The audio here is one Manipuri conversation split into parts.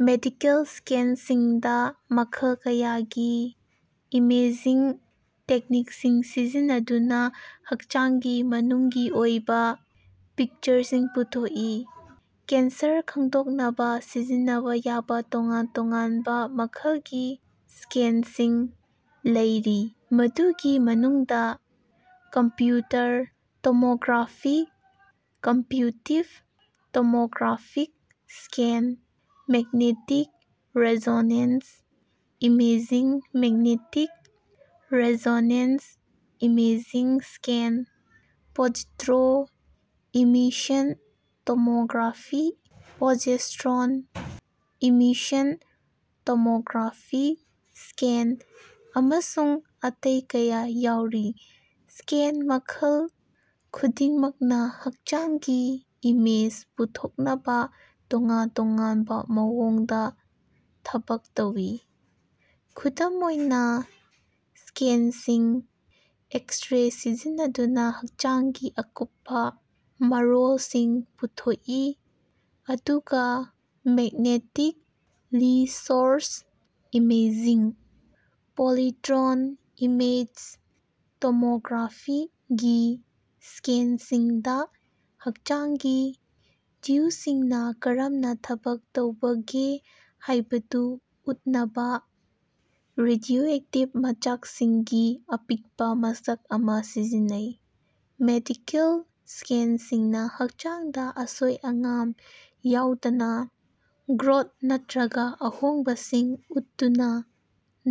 ꯃꯦꯗꯤꯀꯦꯜ ꯁ꯭ꯀꯦꯟꯁꯤꯡꯗ ꯃꯈꯜ ꯀꯌꯥꯒꯤ ꯏꯃꯦꯖꯤꯡ ꯇꯦꯛꯅꯤꯛꯁꯤꯡ ꯁꯤꯖꯤꯟꯅꯗꯨꯅ ꯍꯛꯆꯥꯡꯒꯤ ꯃꯅꯨꯡꯒꯤ ꯑꯣꯏꯕ ꯄꯤꯛꯆꯔꯁꯤꯡ ꯄꯨꯊꯣꯛꯏ꯫ ꯀꯦꯟꯁꯔ ꯈꯪꯗꯣꯛꯅꯕ ꯁꯤꯖꯤꯟꯅꯕ ꯌꯥꯕ ꯇꯣꯉꯥꯟ ꯇꯣꯉꯥꯟꯕ ꯃꯈꯜꯒꯤ ꯁ꯭ꯀꯦꯟꯁꯤꯡ ꯂꯩꯔꯤ꯫ ꯃꯗꯨꯒꯤ ꯃꯅꯨꯡꯗ computer tomography computed tomographic scan, magnetic resonance imaging magnetic resonance imaging scan, positron emission tomography (positron emission tomography ) scan ꯑꯃꯁꯨꯡ ꯑꯇꯩ ꯀꯌꯥ ꯌꯥꯎꯔꯤ꯫ ꯁ꯭ꯀꯦꯟ ꯃꯈꯜ ꯈꯨꯗꯤꯡꯃꯛꯅ ꯍꯛꯆꯥꯡꯒꯤ ꯏꯃꯦꯖ ꯄꯨꯊꯣꯛꯅꯕ ꯇꯣꯉꯥꯟ ꯇꯣꯉꯥꯟꯕ ꯃꯑꯣꯡꯗ ꯊꯕꯛ ꯇꯧꯏ꯫ ꯈꯨꯗꯝ ꯑꯣꯏꯅ, ꯁ꯭ꯀꯦꯟꯁꯤꯡ ꯑꯦꯛꯁ-ꯔꯦ ꯁꯤꯖꯤꯟꯅꯗꯨꯅꯥ ꯍꯛꯆꯥꯡꯒꯤ ꯑꯀꯨꯞꯄ ꯃꯔꯣꯜꯁꯤꯡ ꯄꯨꯊꯣꯛꯏ, ꯑꯗꯨꯒ magnetic resonance imaging. Positron. Image tomography. ꯒꯤ ꯁ꯭ꯀꯦꯟꯁꯤꯡꯗ ꯍꯛꯆꯥꯡꯒꯤ ꯇ꯭ꯌꯨꯁꯤꯡꯅ ꯀꯔꯝꯅ ꯊꯕꯛ ꯇꯧꯕꯒꯦ ꯍꯥꯏꯕꯗꯨ ꯎꯠꯅꯕ ꯔꯦꯗꯤꯑꯣꯑꯦꯛꯇꯤꯚ ꯃꯆꯥꯛꯁꯤꯡꯒꯤ ꯑꯄꯤꯛꯄ ꯃꯁꯛ ꯑꯃ ꯁꯤꯖꯤꯟꯅꯩ꯫ ꯃꯦꯗꯤꯀꯦꯜ ꯁ꯭ꯀꯦꯟꯁꯤꯡꯅ ꯍꯛꯆꯥꯡꯗ ꯑꯁꯣꯏ-ꯑꯉꯥꯝ ꯌꯥꯎꯗꯕ ꯒ꯭ꯔꯣꯊ ꯅꯠꯇ꯭ꯔꯒ ꯑꯍꯣꯡꯕꯁꯤꯡ ꯎꯠꯇꯨꯅ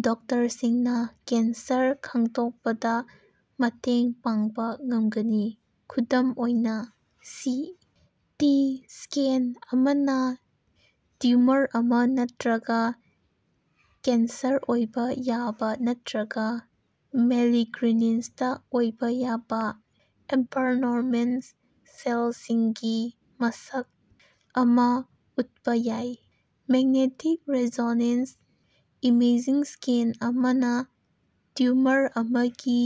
ꯗꯣꯛꯇꯔꯁꯤꯡꯗ ꯀꯦꯟꯁꯔ ꯈꯪꯗꯣꯛꯄꯗ ꯃꯇꯦꯡ ꯄꯥꯡꯕ ꯉꯝꯒꯅꯤ꯫ ꯈꯨꯗꯝ ꯑꯣꯏꯅ, ꯁꯤ. ꯇꯤ. ꯁ꯭ꯀꯦꯟ ꯑꯃꯅꯥ ꯇꯤꯎꯃꯔ ꯑꯃꯥ, ꯅꯠꯇ꯭ꯔꯒ ꯀꯦꯟꯁꯔ ꯑꯣꯏꯕ ꯌꯥꯕ ꯅꯠꯇ꯭ꯔꯒ ꯃꯦꯂꯤꯒ꯭ꯔꯤꯅꯦꯟꯁꯇ ꯑꯣꯏꯕ ꯌꯥꯕ ꯑꯦꯕꯅꯣꯔꯃꯦꯜ ꯁꯦꯜꯁꯤꯡꯒꯤ ꯃꯁꯤꯡ ꯑꯃ ꯎꯠꯄ ꯌꯥꯏ꯫ ꯃꯦꯛꯅꯦꯛꯇꯤꯛ ꯔꯤꯁꯣꯅꯦꯟꯁ ꯏꯃꯦꯖꯤꯡ ꯁ꯭ꯀꯦꯟ ꯑꯃꯅ ꯇꯤꯎꯃꯔ ꯑꯃꯒꯤ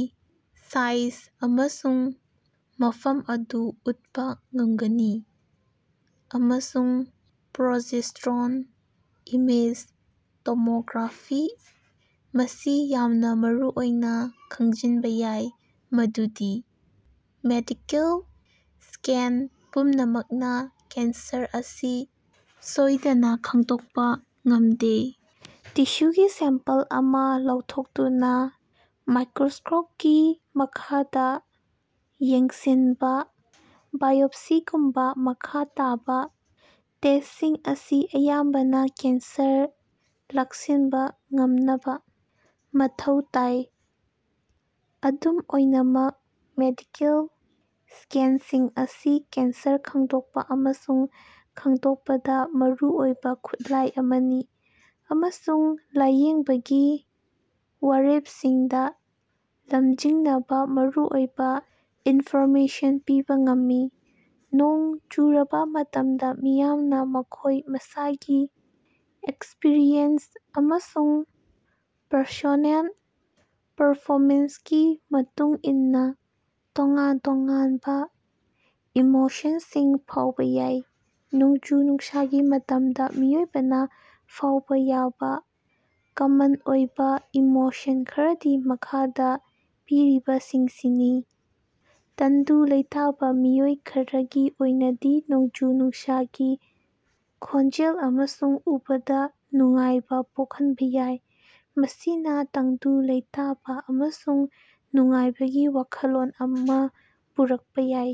ꯁꯥꯏꯖ ꯑꯃꯁꯨꯡ ꯃꯐꯝ ꯑꯗꯨ ꯎꯠꯄ ꯉꯝꯒꯅꯤ꯫ ꯑꯃꯁꯨꯡ ꯄ꯭ꯔꯣꯖꯤꯁꯇ꯭ꯔꯣꯟ. ꯏꯃꯦꯖ ꯇꯣꯃꯣꯒ꯭ꯔꯥꯐꯤ ꯃꯁꯤ ꯌꯥꯝꯅ ꯃꯔꯨꯑꯣꯏꯅ ꯈꯪꯖꯤꯟꯕ ꯌꯥꯏ ꯫ ꯃꯗꯨꯗꯤ ꯃꯦꯗꯤꯀꯦꯜ ꯁ꯭ꯀꯦꯟ ꯄꯨꯝꯅꯃꯛꯅ ꯀꯦꯟꯁꯔ ꯑꯁꯤ ꯁꯣꯏꯗꯅ ꯈꯪꯗꯣꯛꯄ ꯉꯝꯗꯦ꯫ ꯇꯤꯁꯨꯒꯤ ꯁꯦꯝꯄꯜ ꯑꯃ ꯂꯧꯊꯣꯛꯇꯨꯅ ꯃꯥꯏꯀ꯭ꯔꯣꯁꯀꯣꯞꯀꯤ ꯃꯈꯥꯗ ꯌꯦꯡꯁꯤꯟꯕ ꯕꯥꯏꯑꯣꯞꯁꯤꯒꯨꯝꯕ ꯃꯈꯥ ꯇꯥꯕ ꯇꯦꯁ꯭ꯇꯁꯤꯡ ꯑꯁꯤ ꯑꯌꯥꯝꯕꯅ ꯀꯦꯟꯁꯔ ꯂꯥꯛꯁꯤꯟꯕ ꯉꯝꯅꯕ ꯃꯊꯧ ꯇꯥꯏ꯫ ꯑꯗꯨꯝ ꯑꯣꯏꯅꯃꯛ, ꯃꯦꯗꯤꯀꯦꯜ ꯁ꯭ꯀꯦꯟꯁꯤꯡ ꯑꯁꯤ ꯀꯦꯟꯁꯔ ꯈꯪꯗꯣꯛꯄ ꯑꯃꯁꯨꯡ ꯈꯪꯗꯣꯛꯄꯗ ꯃꯔꯨꯑꯣꯏꯕ ꯈꯨꯠꯂꯥꯏ ꯑꯃꯅꯤ꯫ ꯑꯃꯁꯨꯡ ꯂꯥꯏꯌꯦꯡꯕꯒꯤ ꯋꯥꯔꯦꯞꯁꯤꯡꯗ ꯂꯝꯖꯤꯡꯅꯕ ꯃꯔꯨꯑꯣꯏꯕ ꯏꯟꯐ꯭ꯔꯣꯃꯦꯁꯟ ꯄꯤꯕ ꯉꯝꯃꯤ꯫ ꯅꯣꯡ ꯆꯨꯔꯕꯥ ꯃꯇꯝꯗ, ꯃꯤꯌꯥꯝꯅ ꯃꯈꯣꯏ ꯃꯁꯥꯒꯤ ꯑꯦꯛꯁꯄꯔꯤꯌꯦꯟꯁ ꯑꯃꯁꯨꯡ ꯄ꯭ꯔꯁꯣꯅꯦꯜ ꯄꯔꯐꯦꯔꯦꯟꯁꯀꯤ ꯃꯇꯨꯡꯏꯟꯅ ꯇꯣꯉꯥꯟ-ꯇꯣꯉꯥꯟꯕ ꯏꯃꯣꯁꯟꯁꯤꯡ ꯐꯥꯎꯕ ꯌꯥꯏ꯫ ꯅꯣꯡꯖꯨ-ꯅꯨꯡꯁꯥꯒꯤ ꯃꯇꯝꯗ ꯃꯤꯑꯣꯏꯕꯅ ꯐꯥꯎꯕ ꯌꯥꯕ ꯀꯃꯟ ꯑꯣꯏꯕ ꯏꯃꯣꯁꯟ ꯈꯔꯗꯤ ꯃꯈꯥꯗ ꯄꯤꯔꯤꯕꯁꯤꯡꯁꯤꯅꯤ: ꯇꯟꯗꯨ ꯂꯩꯇꯥꯕ ꯃꯤꯑꯣꯏ ꯈꯔꯒꯤ ꯑꯣꯏꯅꯗꯤ, ꯅꯣꯡꯖꯨ-ꯅꯨꯡꯁꯥꯒꯤ ꯈꯣꯟꯖꯦꯜ ꯑꯃꯁꯨꯡ ꯎꯕꯗ ꯅꯨꯡꯉꯥꯏꯕ ꯄꯣꯛꯍꯟꯕ ꯌꯥꯏ꯫ ꯃꯁꯤꯅ ꯇꯪꯗꯨ ꯂꯩꯇꯥꯕ ꯑꯃꯁꯨꯡ ꯅꯨꯡꯉꯥꯏꯕꯒꯤ ꯋꯥꯈꯜꯂꯣꯟ ꯑꯃ ꯄꯨꯔꯛꯄꯥ ꯌꯥꯏ꯫